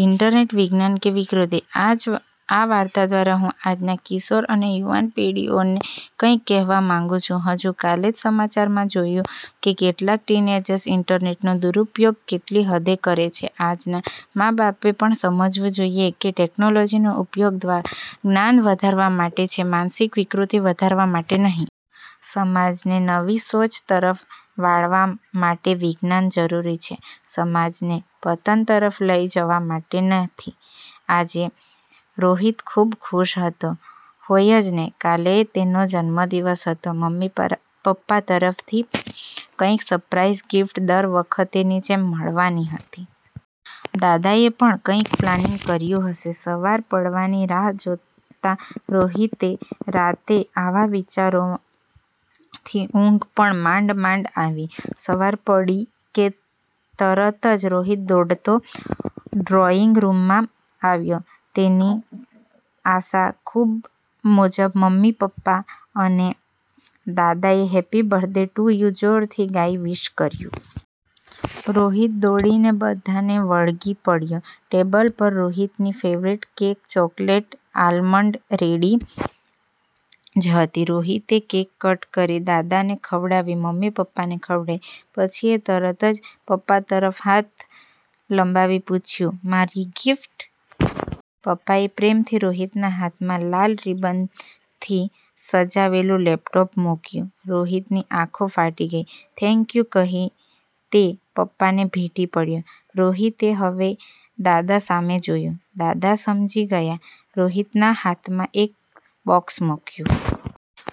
Internet વિજ્ઞાન કે વિકૃતિ?: આ વાર્તા દ્વારા હું આજના કિશોર અને યુવાપેઢીને કંઈક કહેવા માંગુ છું. હજુ કાલે જ સમાચારમાં મેં જોયું કે કેટલાક ટીનેજર્સ ઈન્ટરનેટનો દુરુપયોગ કેટલી હદે કરે છે. આજના મા-બાપએ પણ સમજવું જોઈએ કે ટેક્નોલોજીનો ઉપયોગ જ્ઞાન વધારવા માટે છે, માનસિક વિકૃતિ વધારવા માટે નહિ. સમાજને નવી સોચ તરફ વાળવા માટે વિજ્ઞાન જરૂરી છે, સમાજને પતન તરફ લઈ જવા માટે નથી. આજે રોહિત ખૂબ ખુશ હતો. હોય જ ને, કાલે તેનો જન્મદિવસ હતો. મમ્મી-પપ્પા તરફથી કંઈક સરપ્રાઈઝ ગિફ્ટ દર વખતની જેમ મળવાની હતી. દાદાએ પણ કંઈક પ્લાનિંગ કર્યું હશે. સવાર પડવાની રાહ જોતા રોહિતને રાતે આવા વિચારોથી ઊંઘ પણ માંડ-માંડ આવી. સવાર પડી કે તરત જ રોહિત દોડતો ડ્રોઈંગરૂમમાં આવ્યો. તેની આશા મુજબ મમ્મી-પપ્પા અને દાદાએ હેપી બર્થડે ટુ યુ જોરથી ગાઈ વિશ કર્યું. રોહિત દોડીને બધાને વળગી પડ્યો. ટેબલ પર રોહિતની favourite cake chocolate almond ready જ હતી. રોહિતે કેક કટ કરી, દાદાને ખવડાવી, મમ્મી-પપ્પાને ખવડાવી. એ પછી તરત જ પપ્પા તરફ હાથ લંબાવી પૂછ્યું, "મારી ગિફ્ટ?" પપ્પાએ પ્રેમથી રોહિતના હાથમાં લાલ રિબનથી સજાવેલું લેપટોપ મૂક્યું. રોહિતની આંખો ફાટી ગઈ. થેન્ક યુ કહી તે પપ્પાને ભેટી પડ્યો. રોહિતે હવે દાદા સામુ જોયું, દાદા સમજી ગયા. રોહિતના હાથમાં એક બોક્સ મૂક્યું.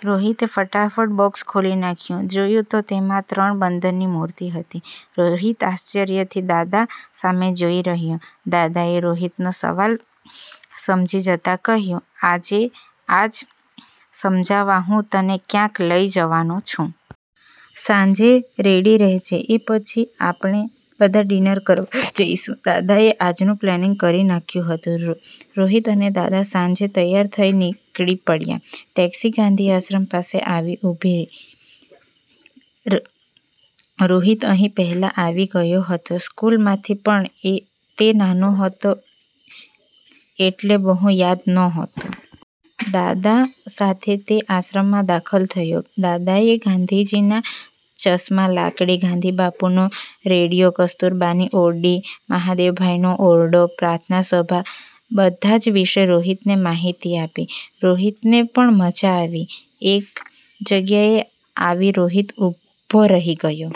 રોહિતે ફટાફટ બોક્સ ખોલી નાખ્યું, જોયું તો તેમાં ત્રણ બંદરની મૂર્તિ હતી. રોહિત આશ્ચર્યથી દાદા સામે જોઈ રહ્યો. દાદાએ રોહિતનો સવાલ સમજી જતાં કહ્યું, "આજે આ જ સમજાવવા હું તને ક્યાંક લઈ જવાનો છું. સાંજે રેડી રહેજે. એ પછી આપણે બધા ડિનર કરવા જઈશું." દાદાએ આજનું પ્લાનિંગ કરી રાખ્યું હતું. રોહિત અને દાદા સાંજે તૈયાર થઈ નીકળી પડ્યા. ટેક્ષી ગાંધીઆશ્રમ પાસે આવી ઊભી. રોહિત અહીં પહેલા આવી ગયો હતો સ્કુલમાંથી, પણ તે નાનો હતો એટલે બહુ યાદ નહોતું. દાદા સાથે તે આશ્રમમાં દાખલ થયો. દાદાએ ગાંધીજીના ચશ્મા, લાકડી, ગાંધીબાપુનો રેડીયો, કસ્તુરબાની ઓરડી, મહાદેવભાઈનો ઓરડો, પ્રાર્થના સભા બધા જ વિશે રોહિતને માહિતી આપી. રોહિતને પણ મજા આવી. એક જગ્યાએ આવી રોહિત ઊભો રહી ગયો.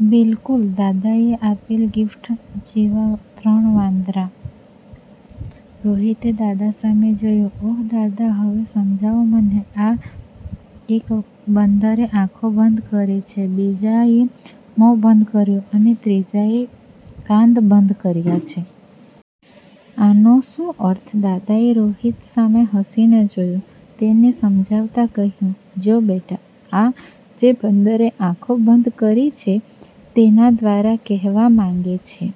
બિલકુલ, દાદાએ આપેલ ગિફ્ટ જેવા ત્રણ વાંદરા! રોહિતે દાદા સામું જોયું. "ઓહ દાદા! હવે સમજાવો મને, આ એક બંદરે આંખો બંધ કરી છે, બીજાએ મોં બંધ કર્યું છે, અને ત્રીજાએ કાન બંધ કર્યા છે. આનો શું અર્થ?" દાદાએ રોહિત સામે હસી ને જોયું. તેને સમજાવતા કહ્યું, "જો બેટા, આ જે બંદરે આંખો બંધ કરી છે, તેના દ્વારા કહેવા માંગે છે